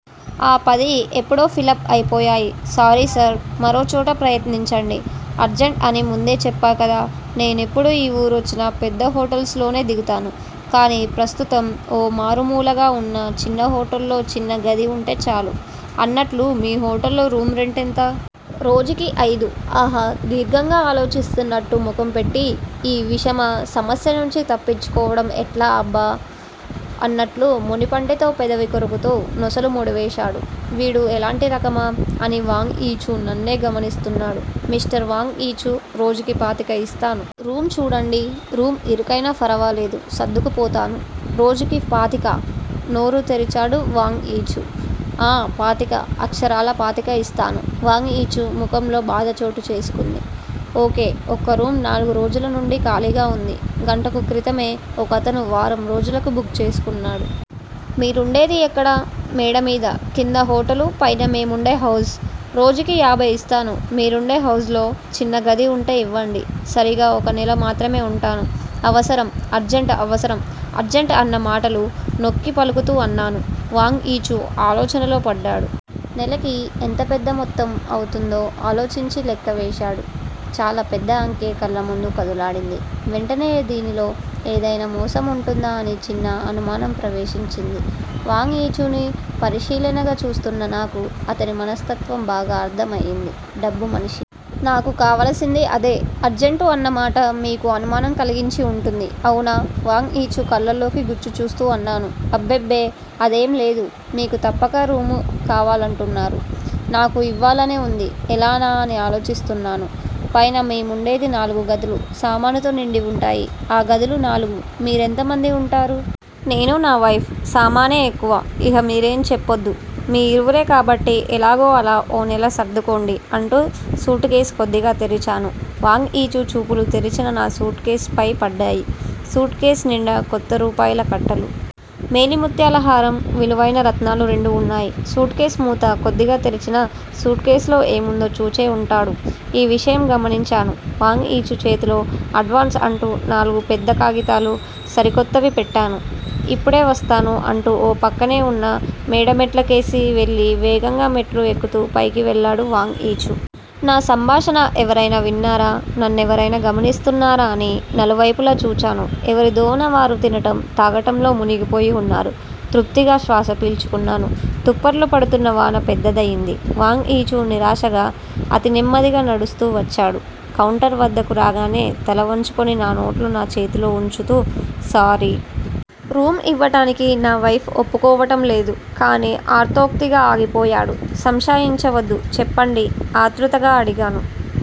ఆ పది ఎప్పుడో ఫిలప్ అయిపోయాయి, సారీసర్. మరోచోట ప్రయత్నించండి. అర్జంట్ అని ముందే చెప్పాకదా! నేనెప్పుడు ఈ వూరొచ్చినా పెద్ద హోటల్స్ లోనే దిగుతాను. కాని ప్రస్తుతం ఓ మారుమూలగా ఉన్న చిన్న హోటల్లో చిన్న గది ఉంటే చాలు. అన్నట్లు మీ హోటల్లో రూమ్ రెంట్ ఎంత? రోజుకి అయిదు. ఆహా దీర్ఘంగా ఆలోచిస్తున్నట్టు ముఖం పెట్టి, ఈ విషమ సమస్యనుంచి తప్పించుకోవటం ఎట్లా అబ్బా! అన్నట్లు మునిపంటితో పెదవి కొరుకుతూ నొసలు ముడివేశాను. వీడు ఎలాంటి రకమా? అని వాంగ్ యీచూ నన్నే గమనిస్తున్నాడు. మిష్టర్ వాంగ్ యీచూ! రోజుకి పాతిక ఇస్తాను. రూమ్ చూడండి. రూమ్ ఇరుకయినా ఫరవాలేదు సర్దుకుపోతాను. రోజుకి పాతికా? నోరు తెరిచాడు వాంగ్ యీచూ. ఆఁ. పాతిక, అక్షరాలా పాతిక ఇస్తాను. వాంగ్ యీచూ ముఖంలో బాధ చోటు చేసుకుంది. ఒకే ఒక్క రూమ్ నాలుగు రోజులనుండీ ఖాళీగా వుంది? గంటకు క్రితమే ఒకతను వారం రోజులకు బుక్ చేసుకున్నాడు. మీరుండేది ఎక్కడ? మేడ మీద. కింద హోటలు పైన మేముండే హౌస్. రోజుకి యాభై ఇస్తాను. మీరుండే హౌస్ లో చిన్నగది వుంటే ఇవ్వండి. సరీగా ఒక నెల మాత్రమే ఉంటాను. అవసరం, అర్జంట్ అవసరం, అర్జంట్ అన్న మాటలు నొక్కి పలుకుతూ అన్నాను. వాంగ్ యీచూ ఆలోచనలో పడ్డాడు. నెలకి ఎంత పెద్ద మొత్తం అవుతుందో ఆలోచించి లెక్క వేశాడు. చాలా పెద్ద అంకె కళ్ళముందు కదులాడింది. వెంటనే దీనిలో ఏదయినా మోసం ఉంటుందా అని చిన్న అనుమానం ప్రవేశించింది. వాంగ్ యీచూని పరిశీలనగా చూస్తున్న నాకు అతని మనస్తత్వం బాగా అర్ధం అయింది. డబ్బు మనిషి. నాకు కావలసింది అదే. అర్జంట్, అన్నమాట మీకు అనుమానం కలిగించి ఉంటుంది. అవునా? వాంగ్ యీచూ కళ్ళల్లోకి గుచ్చి చూస్తూ అన్నాను. అబ్బెబ్బె! అదేం లేదు. మీకు తప్పక రూమ్ కావాలంటున్నారు. నాకూ ఇవ్వాలనే ఉంది. ఎలానా, అని ఆలోచిస్తున్నాను. పైన మేముండేది నాలుగు గదులు సామానుతో నిండివుంటాయి ఆ గదులు నాలుగు మీరెంత మంది ఉంటారు? నేనూ, నా వైఫ్. సామానే ఎక్కువ! ఇహ మీరేం చెప్పొద్దు. మీఇరువురే కాబట్టి ఎలాగో అలా ఓ నెల సర్దుకోండి అంటూ సూట్ కేస్ కొద్దిగా తెరిచాను. వాంగ్ యీచూ చూపులు తెరిచిన నా సూట్ కేస్ పై పడ్డాయి. సూట్ కేస్ నిండా కొత్తరూపాయల కట్టలు. మేలి ముత్యాలహారం. విలువయిన రత్నాలు రెండు ఉన్నాయి. సూట్ కేస్ మూత కొద్దిగా తెరిచినా సూట్ కేస్ లో ఏముందో చూచే ఉంటాడు. ఈ విషయం గమనించాను. వాంగ్ యీచూ చేతిలో అడ్వాన్స్ అంటూ నాలుగు పెద్ద కాగితాలు సరికొత్తవి పెట్టాను. ఇప్పుడే వస్తాను అంటూ ఓ పక్కనే ఉన్న మేడమెట్లకేసి వెళ్ళి వేగంగా మెట్లు ఎక్కుతూ పైకి వెళ్ళాడు వాంగ్ యీచూ. నా సంభాషణ ఎవరైనా విన్నారా? నన్నెవరయినా గమనిస్తున్నారా? అని నలువైపులా చూచాను. ఎవరి దోవన వారు తినటం, తాగటంలో మునిగిపోయి ఉన్నారు. తృప్తిగా శ్వాస పీల్చుకున్నాను. తుప్పర్లు పడుతున్న వాన పెద్దదయింది. వాంగ్ యీచూ నిరాశగా అతి నెమ్మదిగా నడుస్తూ వచ్చాడు. కౌంటర్ వద్దకు రాగానే తల వంచుకుని నా నోట్లు నా చేతిలో ఉంచుతూ, సారీ! రూమ్ ఇవ్వటానికి నా వైఫ్ వప్పుకోవటం లేదు. కాని అర్ధోక్తిగా ఆగిపోయాడు. సంశయించవద్దు. చెప్పండి ఆతృతగా అడిగాను.